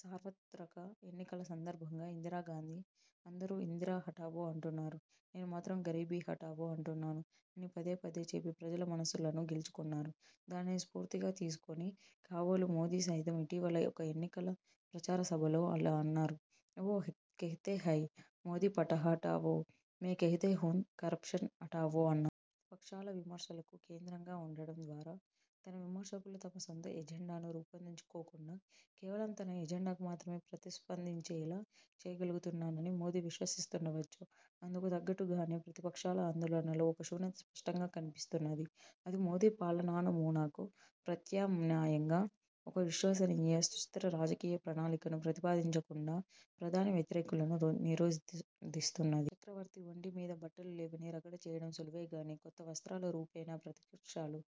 సార్వత్రక ఎన్నికల సందర్భంగా ఇందిరాగాంధీ 'అందరూ ఇందిరా హఠావో అంటున్నారు. నేను మాత్రం గరీబీ హఠావో అంటున్నాను' అని పదేపదే చెప్పి ప్రజల మనస్సులను గెలుచుకున్నారు. దానిని స్ఫూర్తిగా తీసుకుని కాబోలు మోదీ సైతం ఇటీవల ఒక ఎన్నికల ప్రచార సభలో ఇలా అన్నారు: 'వో కెహ్తే హై మోదీ హటావో, మే కెహ్తా హూన్ కరప్షన్ హటావో' అన్నారు. ప్రతిపక్షాల విమర్శలకు కేంద్రంగా ఉండడం ద్వారా తన విమర్శకులు తమ సొంత ఎజెండాను రూపొందించుకోకుండా కేవలం తన ఎజెండాకు మాత్రమే ప్రతిస్పందించేలా చేయగలుగుతున్నానని మోదీ విశ్వసిస్తుండవచ్చు. అందుకు తగ్గట్టుగానే ప్రతిప క్షాల ఆందోళనలో ఒక శూన్యత స్పష్టంగా కన్పిస్తున్నది. అది, మోదీ పాలనానమూనాకు ప్రత్యామ్నాయంగా ఒక విశ్వసనీయ, సుస్థిర రాజకీయ ప్రణాళికను ప్రతిపాదించకుండా ప్రధాని వ్యతిరేకులను నిరోధిస్తున్నది. చక్రవర్తి ఒంటి మీద బట్టలు లేవని రగడ చేయడం సులువేగానీ, కొత్త వస్త్రాల రూపేణా ప్రతిపక్షాలు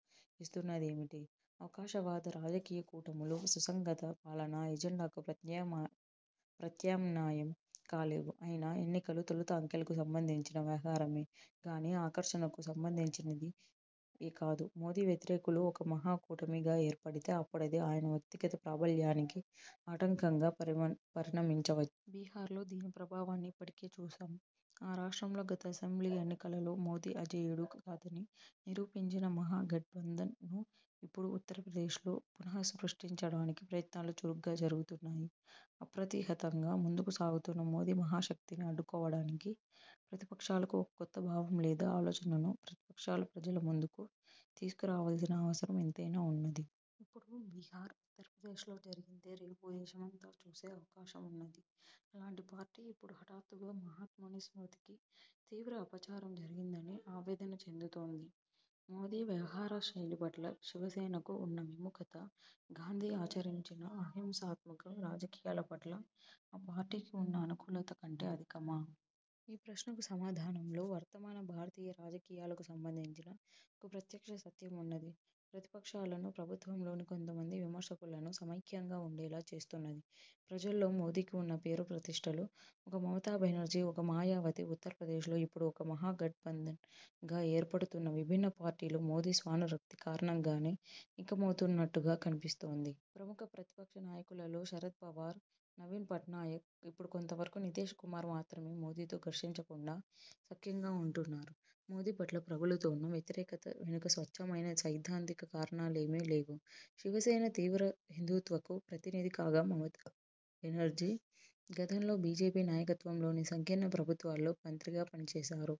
ఇస్తున్నదేమిటి? అవకాశవాద రాజకీయ కూటములు సుసంగత పాలనా ఎజెండాకు ప్రత్యామ్నాయం కాలేవు. అయినా ఎన్నికలు, తొలుత అంకెలకు సంబంధించిన వ్యవహారమే గానీ ఆకర్షణకు సంబంధించినది కాదు. మోదీ వ్యతిరేకులు ఒక 'మహా కూటమి'గా ఏర్పడితే అప్పుడది ఆయన వ్యక్తిగత ప్రాబల్యానికి ఆటంకంగా పరిణమించవచ్చు. బిహార్లో దీని ప్రభావాన్ని ఇప్పటికే చూశాం. ఆ రాష్ట్రంలో గత అసెంబ్లీ ఎన్నికలలో మోదీ అజేయుడు కాదని నిరూపించిన 'మహా గట్బంధన్'ను ఇప్పుడు ఉత్తరప్రదేశ్లో పునఃసృష్టించడానికి ప్రయత్నాలు చురుగ్గా జరుగుతున్నాయి. అప్రతిహతంగా ముందుకు సాగుతున్న మోదీ మహాశక్తిని అడ్డుకోవడానికి ప్రతిపక్షాలకు ఒక కొత్త భావం లేదా ఆలోచనను ప్రతిపక్షాలు ప్రజల ముందుకు తీసుకురావలసిన అవసరం ఎంతైనా వున్నది. ఇప్పుడు బిహార్, ఉత్తరప్రదేశ్లో జరిగిందే రేపు దేశమంతా చూసే అవకాశమున్నది. అలాంటి పార్టీ ఇప్పుడు హఠాత్తుగా మహాత్ముని స్మృతికి తీవ్ర అపచారం జరిగిందని ఆవేదన చెందుతోంది! మోదీ వ్యవహార శైలి పట్ల శివసేనకు ఉన్న విముఖత, గాంధీ ఆచరించిన అహింసాత్మక రాజకీయాల పట్ల ఆ పార్టీకి వున్న అనుకూలత కంటే అధికమా? ఈ ప్రశ్నకు సమాధానంలో వర్తమాన భారతీయ రాజకీయాలకు సంబంధించిన ఒక ప్రత్యక్ష సత్యం ఉన్నది: ప్రతిపక్షాలను, ప్రభుత్వంలోని కొంతమంది విమ ర్శకులను సమైక్యంగా ఉండేలా చేస్తున్నది ప్రజల్లో మోదీకి వున్న పేరు ప్రతిష్ఠలు. ఒక మమతా బెనర్జీ, ఒక మాయావతి, ఉత్తరప్రదేశ్లో ఇప్పుడు ఒక 'మహా–గట్బంధన్'గా ఏర్పడుతున్న విభిన్న పార్టీలు, మోదీ స్వానురక్తి కారణంగానే ఏకమవుతున్నట్టుగా కన్పిస్తోంది. ప్రముఖ ప్రతిపక్ష నాయకులలో శరద్ పవార్, నవీన్ పట్నాయక్, ఇప్పుడు కొంతవరకు నితీశ్ కుమార్ మాత్రమే మోదీతో ఘర్షించకుండా సఖ్యంగా ఉంటున్నారు. మోదీ పట్ల ప్రబలుతోన్న వ్యతిరేకత వెనుక స్వచ్ఛమైన సైద్ధాంతిక కారణాలేమీ లేవు. శివసేన తీవ్ర హిందూత్వకు ప్రతినిధి కాగా మమతాబెనర్జీ గతంలో బీజేపీ నాయకత్వంలోని సంకీర్ణ ప్రభుత్వాల్లో మంత్రిగా పనిచేశారు.